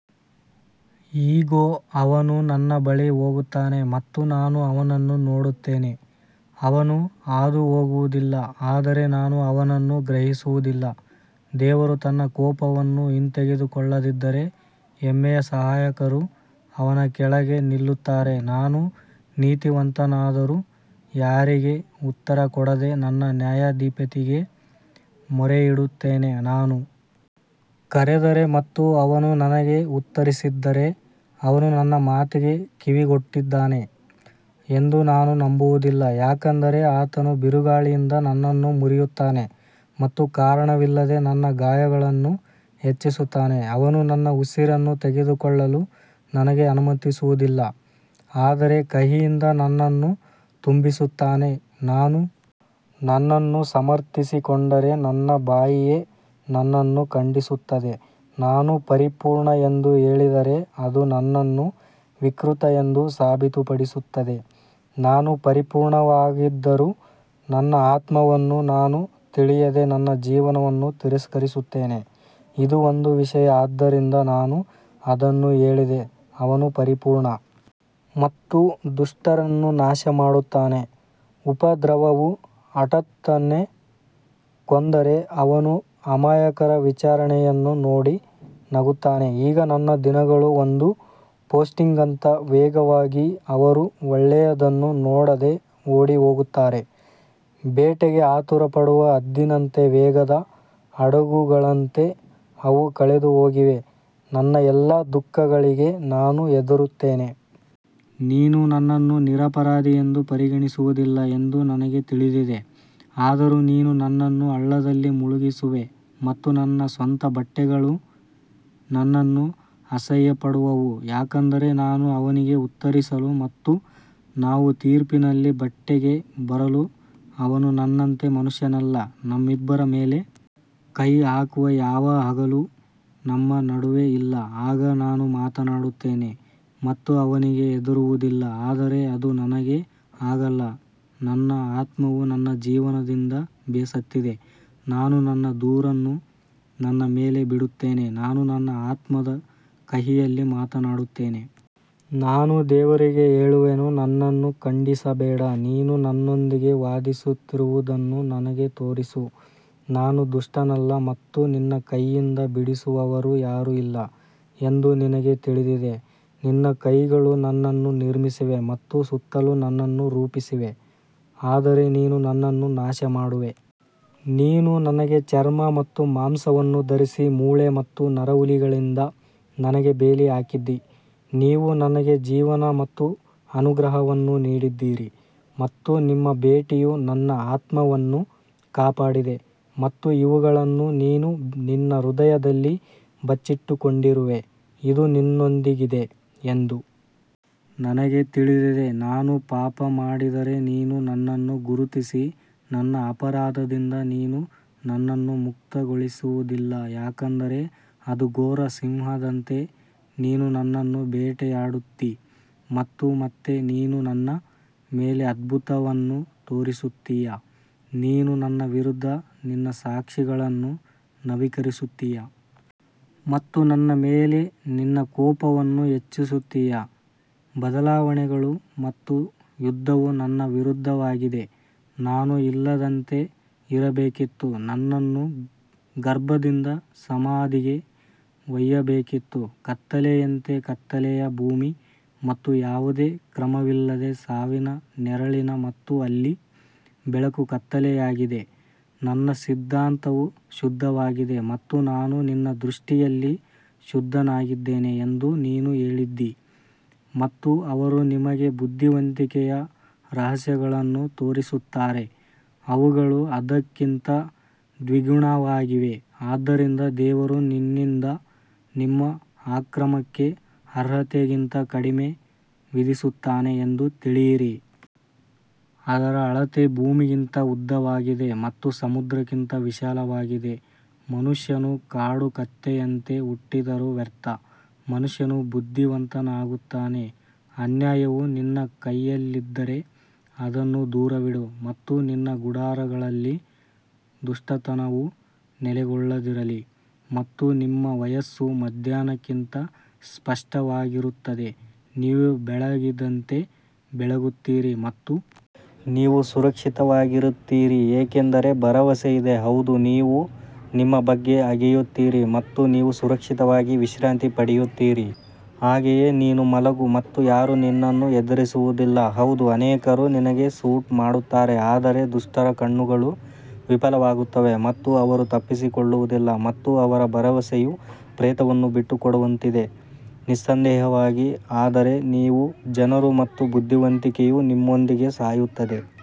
ಇಗೋ ಅವನು ನನ್ನ ಬಳಿ ಹೋಗುತ್ತಾನೆ ಮತ್ತು ನಾನು ಅವನನ್ನು ನೋಡುತ್ತೇನೆ ಅವನು ಹಾದುಹೋಗುವುದಿಲ್ಲ ಆದರೆ ನಾನು ಅವನನ್ನು ಗ್ರಹಿಸುವುದಿಲ್ಲ ದೇವರು ತನ್ನ ಕೋಪವನ್ನು ಹಿಂತೆಗೆದುಕೊಳ್ಳದಿದ್ದರೆ, ಹೆಮ್ಮೆಯ ಸಹಾಯಕರು ಅವನ ಕೆಳಗೆ ನಿಲ್ಲುತ್ತಾರೆ ನಾನು ನೀತಿವಂತನಾದರೂ ಯಾರಿಗೆ ಉತ್ತರ ಕೊಡದೆ ನನ್ನ ನ್ಯಾಯಾಧಿಪತಿಗೆ ಮೊರೆಯಿಡುತ್ತೇನೆ ನಾನು ಕರೆದರೆ ಮತ್ತು ಅವನು ನನಗೆ ಉತ್ತರಿಸಿದ್ದರೆ ಅವನು ನನ್ನ ಮಾತಿಗೆ ಕಿವಿಗೊಟ್ಟಿದ್ದಾನೆ ಎಂದು ನಾನು ನಂಬುವುದಿಲ್ಲ ಯಾಕಂದರೆ ಆತನು ಬಿರುಗಾಳಿಯಿಂದ ನನ್ನನ್ನು ಮುರಿಯುತ್ತಾನೆ ಮತ್ತು ಕಾರಣವಿಲ್ಲದೆ ನನ್ನ ಗಾಯಗಳನ್ನು ಹೆಚ್ಚಿಸುತ್ತಾನೆ ಅವನು ನನ್ನ ಉಸಿರನ್ನು ತೆಗೆದುಕೊಳ್ಳಲು ನನಗೆ ಅನುಮತಿಸುವುದಿಲ್ಲ ಆದರೆ ಕಹಿಯಿಂದ ನನ್ನನ್ನು ತುಂಬಿಸುತ್ತಾನೆ ನಾನು ನನ್ನನ್ನು ಸಮರ್ಥಿಸಿಕೊಂಡರೆ ನನ್ನ ಬಾಯಿಯೇ ನನ್ನನ್ನು ಖಂಡಿಸುತ್ತದೆ, ನಾನು ಪರಿಪೂರ್ಣ ಎಂದು ಹೇಳಿದರೆ ಅದು ನನ್ನನ್ನು ವಿಕೃತ ಎಂದು ಸಾಬೀತುಪಡಿಸುತ್ತದೆ ನಾನು ಪರಿಪೂರ್ಣವಾಗಿದ್ದರೂ ನನ್ನ ಆತ್ಮವನ್ನು ನಾನು ತಿಳಿಯದೆ ನನ್ನ ಜೀವನವನ್ನು ತಿರಸ್ಕರಿಸುತ್ತೇನೆ ಇದು ಒಂದು ವಿಷಯ ಆದ್ದರಿಂದ ನಾನು ಅದನ್ನು ಹೇಳಿದೆ ಅವನು ಪರಿಪೂರ್ಣ ಮತ್ತು ದುಷ್ಟರನ್ನು ನಾಶಮಾಡುತ್ತಾನೆ ಉಪದ್ರವವು ಹಠಾತ್ತನೆ ಕೊಂದರೆ ಅವನು ಅಮಾಯಕರ ವಿಚಾರಣೆಯನ್ನು ನೋಡಿ ನಗುತ್ತಾನೆ ಈಗ ನನ್ನ ದಿನಗಳು ಒಂದು ಪೋಸ್ಟ್ಗಿಂತ ವೇಗವಾಗಿವೆ, ಅವರು ಒಳ್ಳೆಯದನ್ನು ನೋಡದೆ ಓಡಿಹೋಗುತ್ತಾರೆ ಬೇಟೆಗೆ ಆತುರಪಡುವ ಹದ್ದಿನಂತೆ ವೇಗದ ಹಡಗುಗಳಂತೆ ಅವು ಕಳೆದುಹೋಗಿವೆ ನನ್ನ ಎಲ್ಲಾ ದುಃಖಗಳಿಗೆ ನಾನು ಹೆದರುತ್ತೇನೆ, ನೀನು ನನ್ನನ್ನು ನಿರಪರಾಧಿ ಎಂದು ಪರಿಗಣಿಸುವುದಿಲ್ಲ ಎಂದು ನನಗೆ ತಿಳಿದಿದೆ ಆದರೂ ನೀನು ನನ್ನನ್ನು ಹಳ್ಳದಲ್ಲಿ ಮುಳುಗಿಸುವೆ ಮತ್ತು ನನ್ನ ಸ್ವಂತ ಬಟ್ಟೆಗಳು ನನ್ನನ್ನು ಅಸಹ್ಯಪಡುವವು ಯಾಕಂದರೆ ನಾನು ಅವನಿಗೆ ಉತ್ತರಿಸಲು ಮತ್ತು ನಾವು ತೀರ್ಪಿನಲ್ಲಿ ಒಟ್ಟಿಗೆ ಬರಲು ಅವನು ನನ್ನಂತೆ ಮನುಷ್ಯನಲ್ಲ ನಮ್ಮಿಬ್ಬರ ಮೇಲೆ ಕೈ ಹಾಕುವ ಯಾವ ಹಗಲೂ ನಮ್ಮ ನಡುವೆ ಇಲ್ಲ ಆಗ ನಾನು ಮಾತನಾಡುತ್ತೇನೆ ಮತ್ತು ಅವನಿಗೆ ಹೆದರುವುದಿಲ್ಲ ಆದರೆ ಅದು ನನಗೆ ಹಾಗಲ್ಲ ನನ್ನ ಆತ್ಮವು ನನ್ನ ಜೀವನದಿಂದ ಬೇಸತ್ತಿದೆ ನಾನು ನನ್ನ ದೂರನ್ನು ನನ್ನ ಮೇಲೆ ಬಿಡುತ್ತೇನೆ ನಾನು ನನ್ನ ಆತ್ಮದ ಕಹಿಯಲ್ಲಿ ಮಾತನಾಡುತ್ತೇನೆ ನಾನು ದೇವರಿಗೆ ಹೇಳುವೆನು ನನ್ನನ್ನು ಖಂಡಿಸಬೇಡ, ನೀನು ನನ್ನೊಂದಿಗೆ ವಾದಿಸುತ್ತಿರುವುದನ್ನು ನನಗೆ ತೋರಿಸು ನಾನು ದುಷ್ಟನಲ್ಲ ಮತ್ತು ನಿನ್ನ ಕೈಯಿಂದ ಬಿಡಿಸುವವರು ಯಾರೂ ಇಲ್ಲ ಎಂದು ನಿನಗೆ ತಿಳಿದಿದೆ ನಿನ್ನ ಕೈಗಳು ನನ್ನನ್ನು ನಿರ್ಮಿಸಿವೆ ಮತ್ತು ಸುತ್ತಲೂ ನನ್ನನ್ನು ರೂಪಿಸಿವೆ ಆದರೆ ನೀನು ನನ್ನನ್ನು ನಾಶಮಾಡುವೆ ನೀನು ನನಗೆ ಚರ್ಮ ಮತ್ತು ಮಾಂಸವನ್ನು ಧರಿಸಿ ಮೂಳೆ ಮತ್ತು ನರಹುಲಿಗಳಿಂದ ನನಗೆ ಬೇಲಿ ಹಾಕಿದ್ದೀ ನೀವು ನನಗೆ ಜೀವನ ಮತ್ತು ಅನುಗ್ರಹವನ್ನು ನೀಡಿದ್ದೀರಿ ಮತ್ತು ನಿಮ್ಮ ಭೇಟಿಯು ನನ್ನ ಆತ್ಮವನ್ನು ಕಾಪಾಡಿದೆ ಮತ್ತು ಇವುಗಳನ್ನು ನೀನು ನಿನ್ನ ಹೃದಯದಲ್ಲಿ ಬಚ್ಚಿಟ್ಟುಕೊಂಡಿರುವೆ, ಇದು ನಿನ್ನೊಂದಿಗಿದೆ ಎಂದು ನನಗೆ ತಿಳಿದಿದೆ ನಾನು ಪಾಪ ಮಾಡಿದರೆ ನೀನು ನನ್ನನ್ನು ಗುರುತಿಸಿ ನನ್ನ ಅಪರಾಧದಿಂದ ನೀನು ನನ್ನನ್ನು ಮುಕ್ತಗೊಳಿಸುವುದಿಲ್ಲ ಯಾಕಂದರೆ ಅದು ಘೋರ ಸಿಂಹದಂತೆ ನೀನು ನನ್ನನ್ನು ಬೇಟೆಯಾಡುತ್ತೀ ಮತ್ತು ಮತ್ತೆ ನೀನು ನನ್ನ ಮೇಲೆ ಅದ್ಭುತವನ್ನು ತೋರಿಸುತ್ತೀಯಾ ನೀನು ನನ್ನ ವಿರುದ್ಧ ನಿನ್ನ ಸಾಕ್ಷಿಗಳನ್ನು ನವೀಕರಿಸುತ್ತೀಯ ಮತ್ತು ನನ್ನ ಮೇಲೆ ನಿನ್ನ ಕೋಪವನ್ನು ಹೆಚ್ಚಿಸುತ್ತೀಯ ಬದಲಾವಣೆಗಳು ಮತ್ತು ಯುದ್ಧವು ನನ್ನ ವಿರುದ್ಧವಾಗಿದೆ ನಾನು ಇಲ್ಲದಂತೆ ಇರಬೇಕಿತ್ತು ನನ್ನನ್ನು ಗರ್ಭದಿಂದ ಸಮಾಧಿಗೆ ಒಯ್ಯಬೇಕಿತ್ತು ಕತ್ತಲೆಯಂತೆ ಕತ್ತಲೆಯ ಭೂಮಿ ಮತ್ತು ಯಾವುದೇ ಕ್ರಮವಿಲ್ಲದೆ ಸಾವಿನ ನೆರಳಿನ ಮತ್ತು ಅಲ್ಲಿ ಬೆಳಕು ಕತ್ತಲೆಯಾಗಿದೆ ನನ್ನ ಸಿದ್ಧಾಂತವು ಶುದ್ಧವಾಗಿದೆ ಮತ್ತು ನಾನು ನಿನ್ನ ದೃಷ್ಟಿಯಲ್ಲಿ ಶುದ್ಧನಾಗಿದ್ದೇನೆ ಎಂದು ನೀನು ಹೇಳಿದ್ದೀ ಮತ್ತು ಅವರು ನಿಮಗೆ ಬುದ್ಧಿವಂತಿಕೆಯ ರಹಸ್ಯಗಳನ್ನು ತೋರಿಸುತ್ತಾರೆ, ಅವುಗಳು ಅದಕ್ಕಿಂತ ದ್ವಿಗುಣವಾಗಿವೆ, ಆದ್ದರಿಂದ ದೇವರು ನಿನ್ನಿಂದ ನಿಮ್ಮ ಅಕ್ರಮಕ್ಕೆ ಅರ್ಹತೆಗಿಂತ ಕಡಿಮೆ ವಿಧಿಸುತ್ತಾನೆ ಎಂದು ತಿಳಿಯಿರಿ. ಅದರ ಅಳತೆ ಭೂಮಿಗಿಂತ ಉದ್ದವಾಗಿದೆ ಮತ್ತು ಸಮುದ್ರಕ್ಕಿಂತ ವಿಶಾಲವಾಗಿದೆ ಮನುಷ್ಯನು ಕಾಡು ಕತ್ತೆಯಂತೆ ಹುಟ್ಟಿದರೂ ವ್ಯರ್ಥ ಮನುಷ್ಯನು ಬುದ್ಧಿವಂತನಾಗುತ್ತಾನೆ ಅನ್ಯಾಯವು ನಿನ್ನ ಕೈಯಲ್ಲಿದ್ದರೆ ಅದನ್ನು ದೂರವಿಡು ಮತ್ತು ನಿನ್ನ ಗುಡಾರಗಳಲ್ಲಿ ದುಷ್ಟತನವು ನೆಲೆಗೊಳ್ಳದಿರಲಿ ಮತ್ತು ನಿಮ್ಮ ವಯಸ್ಸು ಮಧ್ಯಾಹ್ನಕ್ಕಿಂತ ಸ್ಪಷ್ಟವಾಗಿರುತ್ತದೆ, ನೀವು ಬೆಳಗಿದಂತೆ ಬೆಳಗುತ್ತೀರಿ ಮತ್ತು ನೀವು ಸುರಕ್ಷಿತವಾಗಿರುತ್ತೀರಿ ಏಕೆಂದರೆ ಭರವಸೆ ಇದೆ, ಹೌದು ನೀವು ನಿಮ್ಮ ಬಗ್ಗೆ ಅಗೆಯುತ್ತೀರಿ ಮತ್ತು ನೀವು ಸುರಕ್ಷಿತವಾಗಿ ವಿಶ್ರಾಂತಿ ಪಡೆಯುತ್ತೀರಿ ಹಾಗೆಯೇ ನೀನು ಮಲಗು ಮತ್ತು ಯಾರೂ ನಿನ್ನನ್ನು ಹೆದರಿಸುವುದಿಲ್ಲ, ಹೌದು ಅನೇಕರು ನಿನಗೆ ಸೂಟ್ ಮಾಡುತ್ತಾರೆ ಆದರೆ ದುಷ್ಟರ ಕಣ್ಣುಗಳು ವಿಫಲವಾಗುತ್ತವೆ ಮತ್ತು ಅವರು ತಪ್ಪಿಸಿಕೊಳ್ಳುವುದಿಲ್ಲ ಮತ್ತು ಅವರ ಭರವಸೆಯು ಪ್ರೇತವನ್ನು ಬಿಟ್ಟುಕೊಡುವಂತಿದೆ ನಿಸ್ಸಂದೇಹವಾಗಿ ಆದರೆ ನೀವು ಜನರು ಮತ್ತು ಬುದ್ಧಿವಂತಿಕೆಯು ನಿಮ್ಮೊಂದಿಗೆ ಸಾಯುತ್ತದೆ.